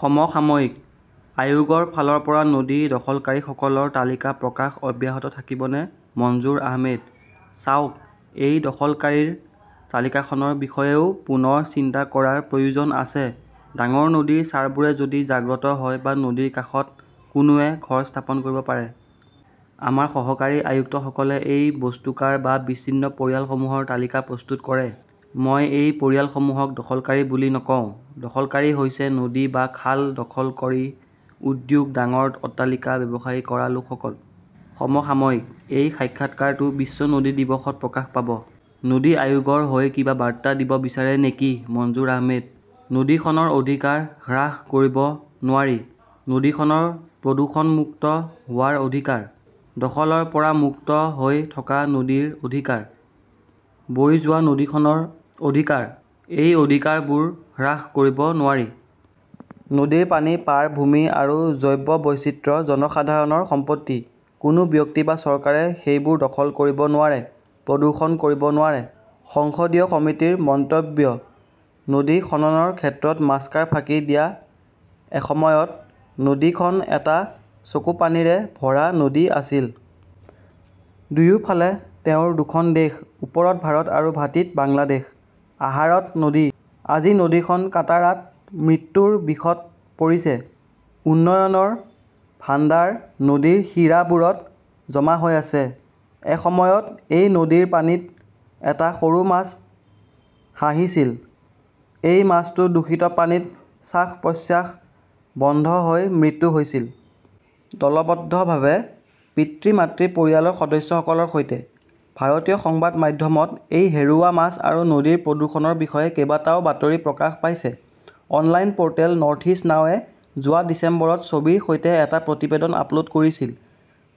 সমসাময়িকঃ আয়োগৰ ফালৰ পৰা নদী দখলকাৰীসকলৰ তালিকা প্ৰকাশ অব্যাহত থাকিবনে মনজুৰ আহমেদঃ চাওক, এই দখলকাৰীৰ তালিকাখনৰ বিষয়েও পুনৰ চিন্তা কৰাৰ প্ৰয়োজন আছে। ডাঙৰ নদীৰ চাৰবোৰে যদি জাগ্ৰত হয় বা নদীৰ কাষত কোনোৱে ঘৰ স্থাপন কৰিব পাৰে। আমাৰ সহকাৰী আয়ুক্তসকলে এই বস্তুকাৰ বা বিচ্ছিন্ন পৰিয়ালসমূহৰ তালিকা প্ৰস্তুত কৰে। মই এই পৰিয়ালসমূহক দখলকাৰী বুলি নকওঁ। দখলকাৰীসকল হৈছে নদী বা খাল দখল কৰি উদ্যোগ, ডাঙৰ অট্টালিকা, ব্যৱসায় কৰা লোকসকল। সমসাময়িকঃ এই সাক্ষাৎকাৰটো বিশ্ব নদী দিৱসত প্ৰকাশ পাব। নদী আয়োগৰ হৈ কিবা বাৰ্তা দিব বিচাৰে নেকি মনজুৰ আহমেদঃ নদীখনৰ অধিকাৰ হ্ৰাস কৰিব নোৱাৰি। নদীখনৰ প্ৰদূষণমুক্ত হোৱাৰ অধিকাৰ। দখলৰ পৰা মুক্ত হৈ থকা নদীৰ অধিকাৰ। বৈ যোৱা নদীখনৰ অধিকাৰ। এই অধিকাৰবোৰ হ্ৰাস কৰিব নোৱাৰি। নদীৰ পানী, পাৰ, ভূমি আৰু জৈৱ বৈচিত্ৰ্য জনসাধাৰণৰ সম্পত্তি। কোনো ব্যক্তি বা চৰকাৰে সেইবোৰ দখল কৰিব নোৱাৰে, প্ৰদূষণ কৰিব নোৱাৰে। সংসদীয় সমিতিৰ মন্তব্যঃ নদী খননৰ ক্ষেত্ৰত মাস্কাৰ ফাঁকি দিয়া এসময়ত, নদীখন এটা চকুপানীৰে ভৰা নদী আছিল। দুয়োফালে তেওঁৰ দুয়োখন দেশ। ওপৰত ভাৰত আৰু ভাটীত বাংলাদেশ। আহাৰত নদী! আজি নদীখন কাটাৰাত মৃত্যুৰ বিষত পৰিছে। উন্নয়নৰ ভাণ্ডাৰ নদীৰ শিৰাবোৰত জমা হৈ আছে। এসময়ত এই নদীৰ পানীত এটা সৰু মাছ হাঁহিছিল। এই মাছটো দূষিত পানীত শ্বাস-প্ৰশ্বাস বন্ধ হৈ মৃত্যু হৈছিল। দলবদ্ধভাৱে, পিতৃ-মাতৃ, পৰিয়ালৰ সদস্যসকলৰ সৈতে। ভাৰতীয় সংবাদ মাধ্যমত এই হেৰুওৱা মাছ আৰু নদীৰ প্ৰদূষণৰ বিষয়ে কেইবাটাও বাতৰি প্ৰকাশ পাইছে। অনলাইন প’ৰ্টেল নৰ্থইষ্টনাউ এ যোৱা ডিচেম্বৰত ছবিৰ সৈতে এটা প্ৰতিবেদন আপলোড কৰিছিল।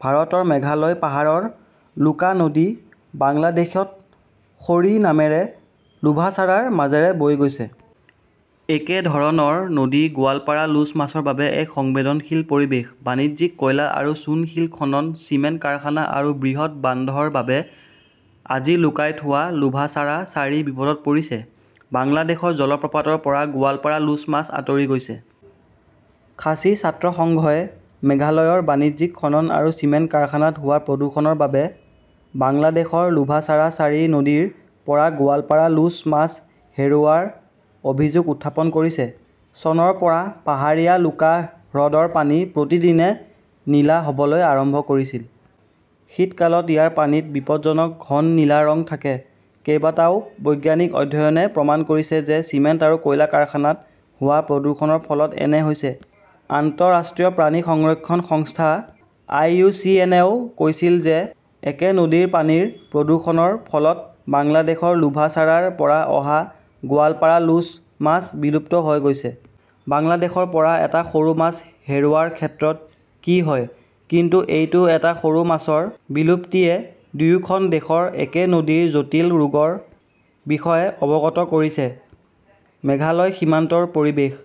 ভাৰতৰ মেঘালয় পাহাৰৰ লুকা নদী বাংলাদেশত সৰী নামেৰে লোভাছাৰাৰ মাজেৰে বৈ গৈছে। একেধৰণৰ নদী 'গোৱালপাড়া লোচ "মাছৰ বাবে এক সংবেদনশীল পৰিৱেশ। বাণিজ্যিক কয়লা আৰু চূণশিল খনন, চিমেণ্ট কাৰখানা আৰু বৃহৎ বান্ধৰ বাবে আজি লুকাই থোৱা লোভাছাৰা-ছাৰী বিপদত পৰিছে। বাংলাদেশৰ জলপ্ৰপাতৰ পৰা 'গোৱালপাৰা লোচ মাছ আঁতৰি গৈছে। খাচী ছাত্ৰ সংঘই মেঘালয়ৰ বাণিজ্যিক খনন আৰু চিমেণ্ট কাৰখানাত হোৱা প্ৰদূষণৰ বাবে বাংলাদেশৰ লোভাচাৰা-ছাৰী নদীৰ পৰা 'গোৱালপাৰা লোচ "মাছ হেৰুওৱাৰ অভিযোগ উত্থাপন কৰিছে। চনৰ পৰা পাহাৰীয়া লুকা হ্ৰদৰ পানী প্ৰতিদিনে নীলা হ 'বলৈ আৰম্ভ কৰিছিল। শীতকালত ইয়াৰ পানীত বিপদজনক ঘন নীলা ৰং থাকে। কেইবাটাও বৈজ্ঞানিক অধ্যয়নে প্ৰমাণ কৰিছে যে চিমেণ্ট আৰু কয়লা কাৰখানাত হোৱা প্ৰদূষণৰ ফলত এনে হৈছে। আন্তঃৰাষ্ট্ৰীয় প্ৰাণী সংৰক্ষণ সংস্থা আই. ইউ. চি. এন. ও কৈছিল যে একে নদীৰ পানীৰ প্ৰদূষণৰ ফলত বাংলাদেশৰ লোভাচাৰাৰ পৰা অহা গোৱালপাড়া লোচ মাছ বিলুপ্ত হৈ গৈছে। বাংলাদেশৰ পৰা এটা সৰু মাছ হেৰুওৱাৰ ক্ষেত্ৰত কি হয় কিন্তু এইটো এটা মাছৰ বিলুপ্তিয়ে দুয়োখন দেশৰ একে নদীৰ জটিল ৰোগৰ বিষয়ে অৱগত কৰিছে। মেঘালয় সীমান্তৰ পৰিৱেশ